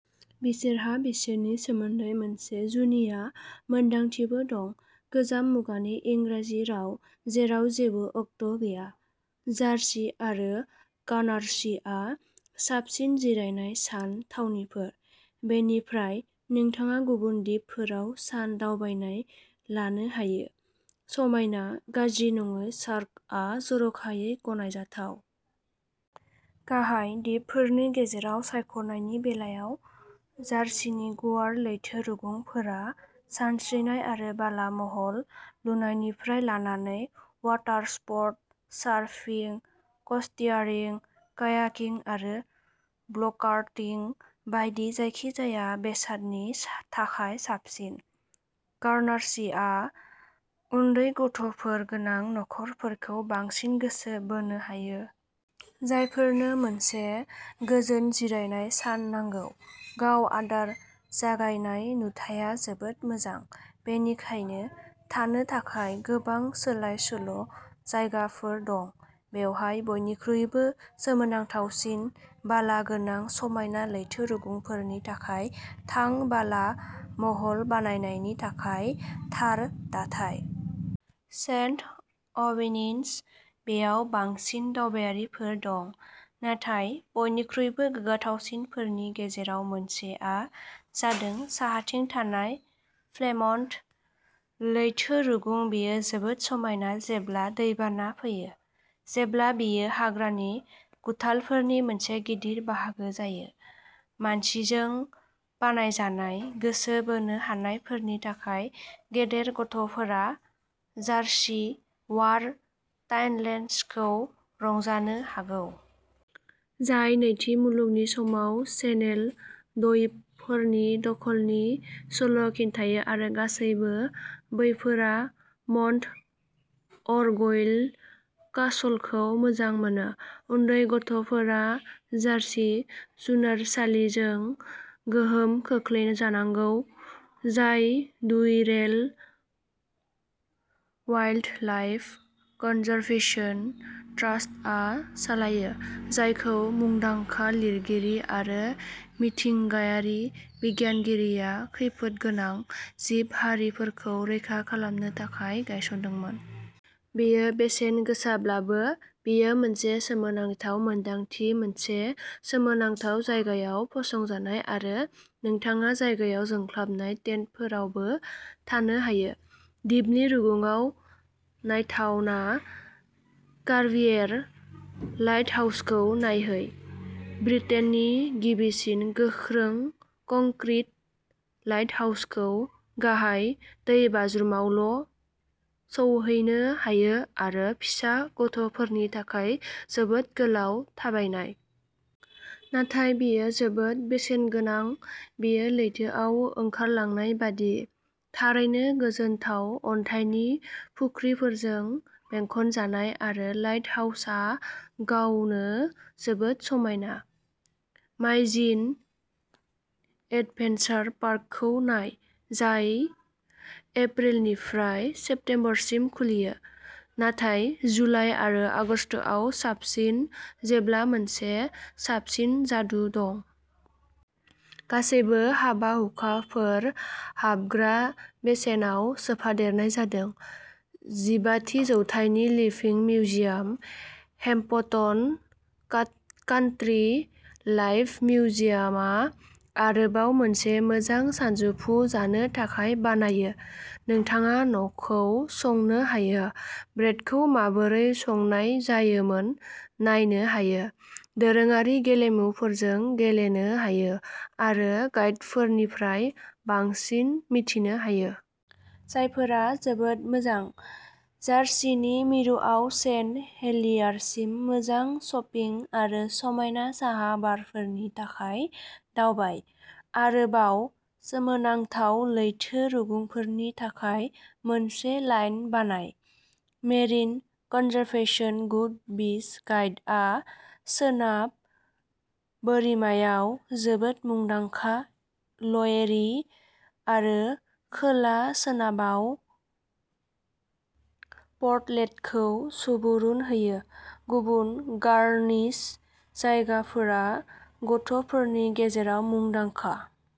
बिसोरहा बिसोरनि सोमोन्दै मोनसे जुनिया मोनदांथिबो दं। गोजाम मुगानि इंराजि राव जेराव जेबो अक्ट' गैया। जारसि आरो गार्नासीआ साबसिन जिरायनाय सान थावनिफोर। बेनिफ्राय नोंथाङा गुबुन दिपफोराव सान दावबायनाय लानो हायो। समायना, गाज्रि नङै सार्कआ जर'खायै गनायजाथाव। गाहाय दिपफोरनि गेजेराव सायख'नायनि बेलायाव जारसिनि गुवार लैथो रुगुंफोरा सानस्रिनाय आरो बाला महल लुनायनिफ्राय लानानै वाटारस्प'र्ट सारफिं, क'स्टियारिं, कायाकिं आरो ब्ल'कारटिं बायदि जायखिजाया बेसादनि थाखाय साबसिन। गार्नसीआ उन्दै गथ'फोर गोनां नखरफोरखौ बांसिन गोसो बोनो हायो। जायफोरनो मोनसे गोजोन जिरायनाय सान नांगौ। गाव आदार जगायनाय नुथाया जोबोद मोजां। बेनिखायनो थानो थाखाय गोबां सोलाय-सोल' जायगाफोर दं। बेवहाय बयनिख्रुइबो सोमोनांथावसिन बाला गोनां समायना लैथो रुगुंफोरनि थाखाय थां बाला महल बानायनायनि थाखाय थार दाथाय। सेन्ट अबिनिनस बेआव बांसिन दावबायारिफोर दं। नाथाय बयनिख्रुइबो गोग्गाथावसिनफोरनि गेजेराव मोनसेआ जादों साहाथिं थानाय प्लेमन्ट। लैथो रुगुं बेयो जोबोद समायना जेब्ला दैबाना फैयो। जेब्ला बेयो हाग्रानि गुथालफोरनि मोनसे गिदिर बाहागो जायो। मानसिजों बानायजानाय गोसो बोनो हानायफोरनि थाखाय गेदेर गथ'फोरा जारसि वार टानेल्सखौ रंजानो हागौ। जाय नैथि मुलुगनि समाव चेनेल दविपफोरनि दखलनि सल' खिन्थायो आरो गासैबो बैफोरा मन्ट अरगुइल कासलखौ मोजां मोनो। उन्दै गथ'फोरा जारसि जुनारसालिजों गोहोम खोख्लैजानांगौ। जाय डुरेल वाइल्डलाइफ कनजारभेशन ट्रास्टआ सालायो। जायखौ मुंदांखा लिरगिरि आरो मिथिंगायारि बिगियानगिरिया खैफोदगोनां जिब हारिफोरखौ रैखा खालामनो थाखाय गायसनदोंमोन। बेयो बेसेन गोसाब्लाबो बेयो मोनसे सोमोनांथाव मोनदांथि मोनसे सोमोनांथाव जायगायाव फसंजानाय आरो नोंथाङा जायगायाव जोंख्लाबनाय टेन्टफोरावबो थानो हायो। दिपनि रुगुंआव नायथावना कर्बिएर लाइटहाउसखौ नायहै। ब्रिटेननि गिबिसिन गोख्रों कंक्रिट लाइटहाउसखौ गाहाय दैबाज्रुमावल' सौहैनो हायो आरो फिसा गथ'फोरनि थाखाय जोबोद गोलाव थाबायनाय। नाथाय बेयो जोबोद बेसेनगोनां बेयो लैथोआव ओंखारलांनाय बायदि, थारैनो गोजोनथाव अन्थाइनि फुख्रिफोरजों बेंखनजानाय आरो लाइटहाउसा गावनो जोबोद समायना। माइजिन एडभेन्सार पार्कखौ नाय। जाय एप्रिलनिफ्राय सेप्तेम्बरसिम खुलियो। नाथाय जुलाइ आरो आगस्तआव साबसिन जेब्ला मोनसे साबसिन जादु दं। गासैबो हाबा हुखाफोर हाबग्रा बेसेनाव सोफादेरनाय जादों। जिबाथि जौथाइनि living museum Hampton country life मिउजियमा आरोबाव मोनसे मोजां सानजौफु जानो थाखाय बानायो। नोंथाङा न'खौ संनो हायो। ब्रेडखौ माबोरै संनाय जायोमोन नायनो हायो। दोरोङारि गेलेमुफोरजों गेलेनो हायो आरो गाइडफोरनिफ्राय बांसिन मिथिनो हायो। जायफोरा जोबोद मोजां। जारसिनि मिरुआव सेन्ट हेलियारसिम मोजां शपिं आरो समायना साहा बारफोरनि थाखाय दावबाय। आरोबाव सोमोनांथाव लैथो रुगुंफोरनि थाखाय मोनसे लाइन बानाय। मेरिन कनजारभेशन गुड बीच गाइडआ सोनाब बोरिमायाव जोबोद मुंदांखा ल'एरि आरो खोला-सोनाबाव परटलेटखौ सुबुरुन होयो। गुबुन गार्निस जायगाफोरा गथ'फोरनि गेजेराव मुंदांखा।